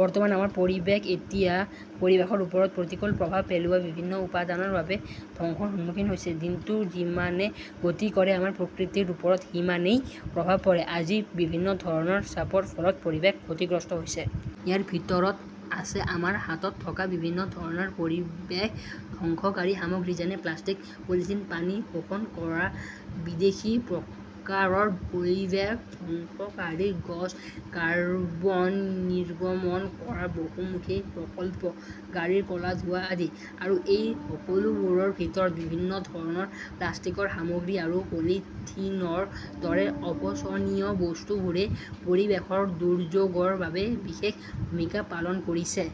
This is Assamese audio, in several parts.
বৰ্তমান আমাৰ পৰিৱেশ এতিয়া পৰিৱেশৰ ওপৰত প্ৰতিকূল প্ৰভাৱ পেলোৱা বিভিন্ন উপাদানৰ বাবে প্ৰায় ধ্বংসৰ সন্মুখীন হৈছে। দিনটো যিমানে গতি কৰে, আমাৰ প্ৰকৃতিৰ ওপৰত সিমানেই প্ৰভাৱ পৰে। আজি বিভিন্ন ধৰণৰ চাপৰ ফলত পৰিৱেশ ক্ষতিগ্ৰস্ত হৈছে। ইয়াৰ ভিতৰত আছে আমাৰ হাতত থকা বিভিন্ন ধৰণৰ পৰিৱেশ ধ্বংসকাৰী সামগ্ৰী, যেনে প্লাষ্টিক, পলিথিন, পানী শোষণ কৰা বিদেশী প্ৰকাৰৰ পৰিৱেশ ধ্বংসকাৰী গছ, কাৰ্বন নিৰ্গমন কৰা বহুমুখী প্ৰকল্প, গাড়ীৰ ক'লা ধোঁৱা আদি। আৰু এই সকলোবোৰৰ ভিতৰত, বিভিন্ন ধৰণৰ প্লাষ্টিকৰ সামগ্ৰী আৰু পলিথিনৰ দৰে অপচনীয় বস্তুবোৰে পৰিৱেশৰ দুৰ্যোগৰ বাবে বিশেষ ভূমিকা পালন কৰিছে।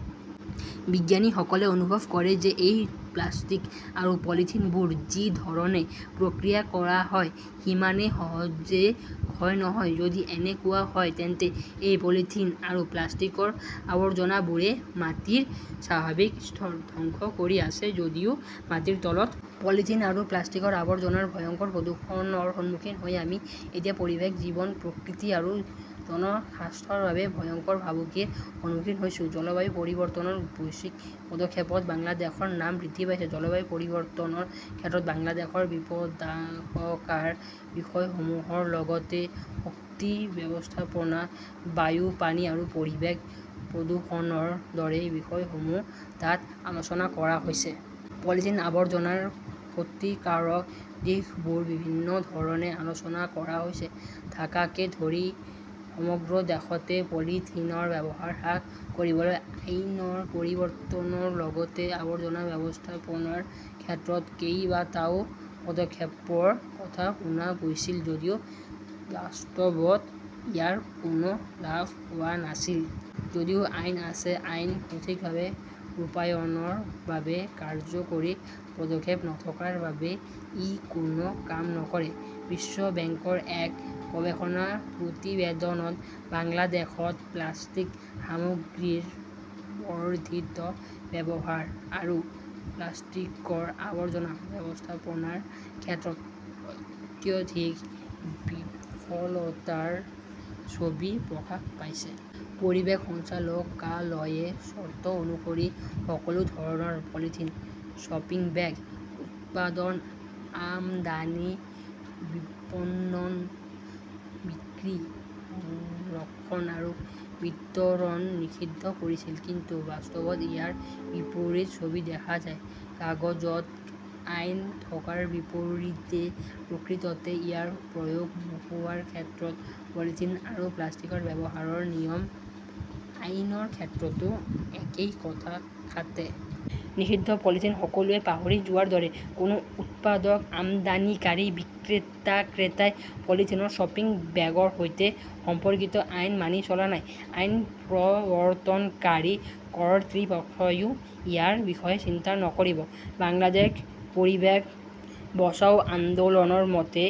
বিজ্ঞানীসকলে অনুভৱ কৰে যে এই প্লাষ্টিক আৰু পলিথিনবোৰ যি ধৰণে প্ৰক্ৰিয়া কৰা হয় সিমানেই সহজে ক্ষয় নহয়। যদি এনেকুৱা হয়, তেন্তে এই পলিথিন আৰু প্লাষ্টিকৰ আৱৰ্জনাবোৰে মাটিৰ স্বাভাৱিক স্তৰ ধ্বংস কৰি আছে, যদিও মাটিৰ তলত। পলিথিন আৰু প্লাষ্টিকৰ আৱৰ্জনাৰ ভয়ংকৰ প্ৰদূষণৰ সন্মুখীন হৈ আমি এতিয়া পৰিৱেশ, জীৱন-প্ৰকৃতি আৰু জনস্বাস্থ্যৰ বাবে ভয়ংকৰ ভাবুকিৰ সন্মুখীন হৈছোঁ। জলবায়ু পৰিৱৰ্তনৰ বৈশ্বিক পদক্ষেপত বাংলাদেশৰ নাম বৃদ্ধি পাইছে। জলবায়ু পৰিৱৰ্তনৰ ক্ষেত্ৰত বাংলাদেশৰ বিপদাশংকাৰ বিষয়সমূহৰ লগতে শক্তি ব্যৱস্থাপনা, বায়ু, পানী আৰু পৰিৱেশ প্ৰদূষণৰ দৰে বিষয়সমূহ তাত আলোচনা কৰা হৈছে। পলিথিন আৱৰ্জনাৰ ক্ষতিকাৰক দিশবোৰ বিভিন্ন ধৰণে আলোচনা কৰা হৈছে। ঢাকাকে ধৰি সমগ্ৰ দেশতে পলিথিনৰ ব্যৱহাৰ হ্ৰাস কৰিবলৈ আইনৰ পৰিৱৰ্তনৰ লগতে আৱৰ্জনা ব্যৱস্থাপনাৰ ক্ষেত্ৰত কেইবাটাও পদক্ষেপৰ কথা শুনা গৈছিল যদিও বাস্তৱত ইয়াৰ কোনো লাভ হোৱা নাছিল। যদিও আইন আছে, আইন সঠিকভাৱে ৰূপায়ণৰ বাবে কাৰ্যকৰী পদক্ষেপ নথকাৰ বাবে ই কোনো কাম নকৰে। বিশ্ব বেংকৰ এক গৱেষণা প্ৰতিবেদনত বাংলাদেশত প্লাষ্টিক সামগ্ৰীৰ বৰ্ধিত ব্যৱহাৰ আৰু প্লাষ্টিকৰ আৱৰ্জনা ব্যৱস্থাপনাৰ ক্ষেত্ৰত অত্যধিক বিফলতাৰ ছবি প্ৰকাশ পাইছে। পৰিৱেশ সঞ্চালকালয়ে চৰ্ত অনুসৰি সকলো ধৰণৰ পলিথিন শ্বপিং বেগ উৎপাদন, আমদানি, বিপণন, বিক্ৰী, সংৰক্ষণ আৰু বিতৰণ নিষিদ্ধ কৰিছিল। কিন্তু বাস্তৱত ইয়াৰ বিপৰীত ছবি দেখা যায়। কাগজত আইন থকাৰ বিপৰীতে প্ৰকৃততে ইয়াৰ প্ৰয়োগ নোহোৱাৰ ক্ষেত্ৰত পলিথিন আৰু প্লাষ্টিকৰ ব্যৱহাৰৰ নিয়ম আইনৰ ক্ষেত্ৰতো একেই কথা খাটে। নিষিদ্ধ পলিথিন সকলোৱে পাহৰি যোৱাৰ দৰে। কোনো উৎপাদক, আমদানিকাৰী, বিক্ৰেতা-ক্ৰেতাই পলিথিনৰ শ্বপিং বেগৰ সৈতে সম্পৰ্কিত আইন মানি চলা নাই। আইন প্ৰৱৰ্তনকাৰী কৰ্তৃপক্ষইও ইয়াৰ বিষয়ে চিন্তা নকৰিব। বাংলাদেশ পৰিৱেশ বচাও আন্দোলনৰ মতে,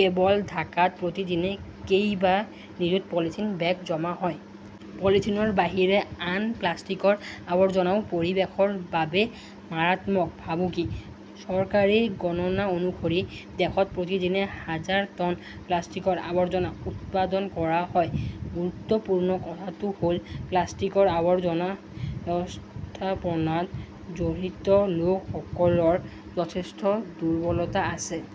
কেৱল ঢাকাত প্ৰতিদিনে কেইবা নিযুত পলিথিন বেগ জমা হয়। পলিথিনৰ বাহিৰে আন প্লাষ্টিকৰ আৱৰ্জনাও পৰিৱেশৰ বাবে মাৰাত্মক ভাবুকি। চৰকাৰী গণনা অনুসৰি, দেশত প্ৰতিদিনে হাজাৰ টন প্লাষ্টিকৰ আৱৰ্জনা উৎপাদন কৰা হয়। গুৰুত্বপূৰ্ণ কথাটো হ'ল, প্লাষ্টিকৰ আৱৰ্জনা ব্যৱস্থাপনাত জড়িত লোকসকলৰ যথেষ্ট দুৰ্বলতা আছে।